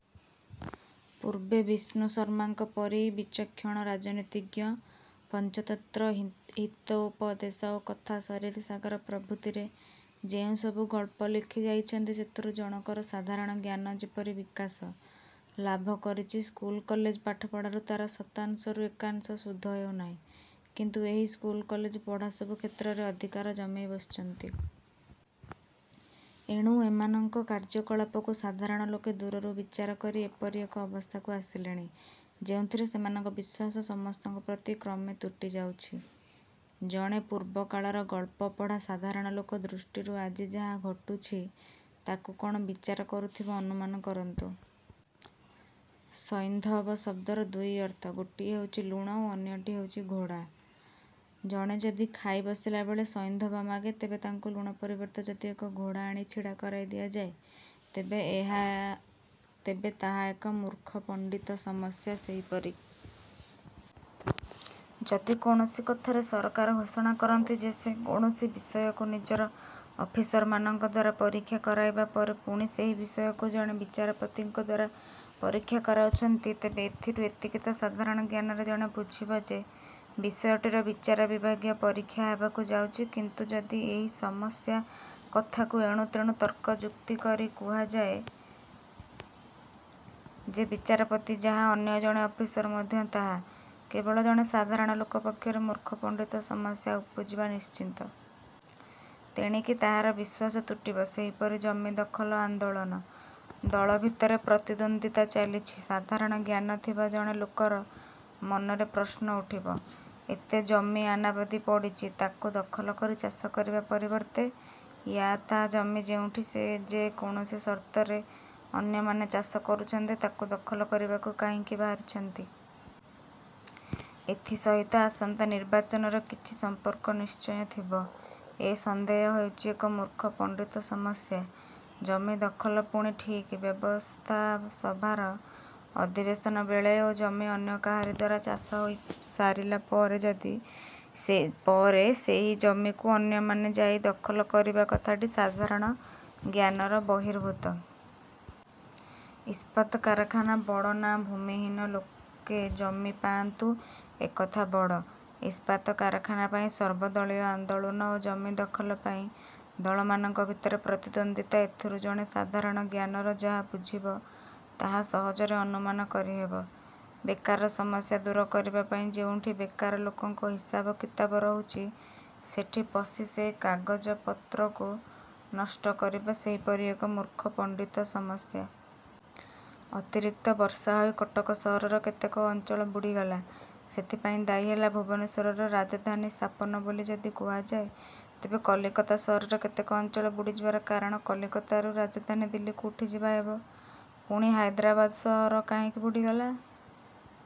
ପୂର୍ବେ ବିଷ୍ଣୁ ଶର୍ମାଙ୍କ ପରି ବିଚକ୍ଷଣ ରାଜନୀତିଜ୍ଞ, ପଞ୍ଚତନ୍ତ୍ର ହିତୋପଦେଶ ଓ କଥା ସରିତ୍ ସାଗର ପ୍ରଭୃତିରେ ଯେଉଁ ସବୁ ଗଳ୍ପ ଲେଖି ଯାଇଛନ୍ତି, ସେଥିରୁ ଜଣକର ସାଧାରଣ ଜ୍ଞାନ ଯେପରି ବିକାଶ। ଲାଭକରିଛି, ସ୍କୁଲ କଲେଜ ପାଠପଢ଼ାରୁ ତା'ର ଶତାଂଶରୁ ଏକାଂଶ ସୁଦ୍ଧା ହେଉନାହିଁ; କିନ୍ତୁ ଏହି ସ୍କୁଲ କଲେଜ ପଢ଼ା ସବୁ କ୍ଷେତ୍ରରେ ଅଧିକାର ଜମେଇ ବସିଛନ୍ତି। ଏଣୁ ଏମାନଙ୍କ କାର୍ଯ୍ୟକଳାପକୁ ସାଧାରଣ ଲୋକେ ଦୂରରୁ ବିଚାର କରି ଏପରି ଏକ ଅବସ୍ଥାକୁ ଆସିଲେଣି; ଯେଉଁଥିରେ ସେମାନଙ୍କ ବିଶ୍ୱାସ ସମସ୍ତଙ୍କ ପ୍ରତି କ୍ରମେ ତୁଟିଯାଉଛି। ଜଣେ ପୂର୍ବକାଳର ଗଳ୍ପ ପଢ଼ା ସାଧାରଣ ଲୋକ ଦୃଷ୍ଟିରୁ ଆଜି ଯାହା ଘଟୁଛି ତାକୁ କଣ ବିଚାର କରୁଥିବ ଅନୁମାନ କରନ୍ତୁ। ସୈନ୍ଧବ ଶବ୍ଦର ଦୁଇ ଅର୍ଥ, ଗୋଟିଏ ହେଉଛି ଲୁଣ ଓ ଅନ୍ୟଟି ହେଉଛି ଘୋଡ଼ା। ଜଣେ ଯଦି ଖାଇବସିଲାବେଳେ ସୈନ୍ଧବ ମାଗେ, ତେବେ ତାଙ୍କୁ ଲୁଣ ପରିବର୍ତ୍ତେ ଯଦି ଏକ ଘୋଡ଼ା ଆଣି ଛିଡ଼ା କରାଇ ଦିଆଯାଏ ତେବେ ତାହା ଏକ ମୂର୍ଖପଣ୍ଡିତ ସମସ୍ୟା। ସେହିପରି ଯଦି କୌଣସି କଥାରେ ସରକାର ଘୋଷଣା କରନ୍ତି ଯେ ସେ କୌଣସି ବିଷୟକୁ ନିଜର ଅଫିସରମାନଙ୍କ ଦ୍ୱାରା ପରୀକ୍ଷା କରାଇବା ପରେ ପୁଣି ସେହି ବିଷୟକୁ ଜଣେ ବିଚାରପତିଙ୍କଦ୍ୱାରା ପରୀକ୍ଷା କରାଉଛନ୍ତି, ତେବେ ଏଥିରୁ ଏତିକି ତ ସାଧାରଣ ଜ୍ଞାନରେ ଜଣେ ବୁଝିବ ଯେ ବିଷୟଟିର ବିଚାର ବିଭାଗୀୟ ପରୀକ୍ଷା ହେବାକୁ ଯାଉଛି; କିନ୍ତୁ ଯଦି ଏହି ସମସ୍ୟା କଥାକୁ ଏଣୁ ତେଣୁ ତର୍କ ଯୁକ୍ତିକରି କୁହାଯାଏ ଯେ ବିଚାରପତି ଯାହା, ଅନ୍ୟ ଜଣେ ଅଫିସର ମଧ୍ୟ ତାହା, କେବଳ ଜଣେ ସାଧାରଣ ଲୋକ ପକ୍ଷରେ ମୂର୍ଖ ପଣ୍ଡିତ ସମସ୍ୟା ଉପୁଜିବା ନିଶ୍ଚିତ। ତେଣିକି ତାହାର ବିଶ୍ୱାସ ତୁଟିବ। ସେହିପରି ଜମି ଦଖଲ ଆନ୍ଦୋଳନ। ଦଳ ଭିତରେ ପ୍ରତିଦ୍ୱନ୍ଦ୍ୱିତା ଚାଲିଛି। ସାଧାରଣ ଜ୍ଞାନ ଥିବା ଜଣେ ଲୋକର ମନରେ ପ୍ରଶ୍ନ ଉଠିବ, ଏତେ ଜମି ଅନାବାଦି ପଡ଼ିଛି, ତାକୁ ଦଖଲ କରି ଚାଷ କରିବା ପରିବର୍ତ୍ତେ ୟା ତା' ଜମି ଯେଉଁଠି ଯେ କୌଣସି ସର୍ତ୍ତରେ ଅନ୍ୟମାନେ ଚାଷ କରୁଛନ୍ତି, ତାକୁ ଦଖଲ କରିବାକୁ କାହିଁକି ବାହାରିଛନ୍ତି? ଏଥି ସହିତ ଆସନ୍ତା ନିର୍ବାଚନର କିଛି ସମ୍ପର୍କ ନିଶ୍ଚୟ ଥିବ। ଏ ସନ୍ଦେହ ହେଉଛି ଏକ ମୂର୍ଖ ପଣ୍ଡିତ ସମସ୍ୟା। ଜମି ଦଖଲ ପୁଣି ଠିକ୍ ବ୍ୟବସ୍ଥାସଭାର ଅଧିବେଶନ ବେଳେ ଓ ଜମି ଅନ୍ୟ କାହାରି ଦ୍ୱାରା ଚାଷ ହୋଇସାରିଲା ପରେ ସେହି ଜମିକୁ ଅନ୍ୟମାନେ ଯାଇ ଦଖଲ କରିବା କଥାଟି ସାଧାରଣ ଜ୍ଞାନର ବହିର୍ଭୂତ। ଇସ୍ପାତ କାରଖାନା ବଡ଼ ନାଁ ଭୂମିହୀନ ଲୋକେ ଜମି ପାଆନ୍ତୁ ଏକଥା ବଡ଼? ଇସ୍ପାତ କାରଖାନା ପାଇଁ ସର୍ବଦଳୀୟ ଆନ୍ଦୋଳନ ଓ ଜମି ଦଖଲ ପାଇଁ ଦଳମାନଙ୍କ ଭିତରେ ପ୍ରତିଦ୍ୱନ୍ଦ୍ୱିତା ଏଥିରୁ ଜଣେ ସାଧାରଣ ଜ୍ଞାନର ଯାହା ବୁଝିବ ତାହା ସହଜରେ ଅନୁମାନ କରିହେବ। ବେକାର ସମସ୍ୟା ଦୂର କରିବା ପାଇଁ ଯେଉଁଠି ବେକାର ଲୋକଙ୍କ ହିସାବ କିତାବ ରହୁଛି, ସେଠି ପଶି ସେ କାଗଜ ପତ୍ରକୁ ନଷ୍ଟ କରିବା ସେହିପରି ଏକ ମୂର୍ଖ ପଣ୍ଡିତ ସମସ୍ୟା। ଅତିରିକ୍ତ ବର୍ଷାହୋଇ କଟକ ସହରର କେତେକ ଅଞ୍ଚଳ ବୁଡ଼ିଗଲା। ସେଥିପାଇଁ ଦାୟୀ ହେଲା ଭୁବନେଶ୍ୱରରେ ରାଜଧାନୀ ସ୍ଥାପନ ବୋଲି ଯଦି କୁହାଯାଏ, ତେବେ କଲିକତା ସହରର କେତେକ ଅଞ୍ଚଳ ବୁଡ଼ିଯିବାର କାରଣ କଲିକତାରୁ ରାଜଧାନୀ ଦିଲ୍ଲୀକୁ ଉଠିଯିବା ହେବ। ପୁଣି ହାଇଦରାବାଦ ସହର କାହିଁକି ବୁଡ଼ିଗଲା?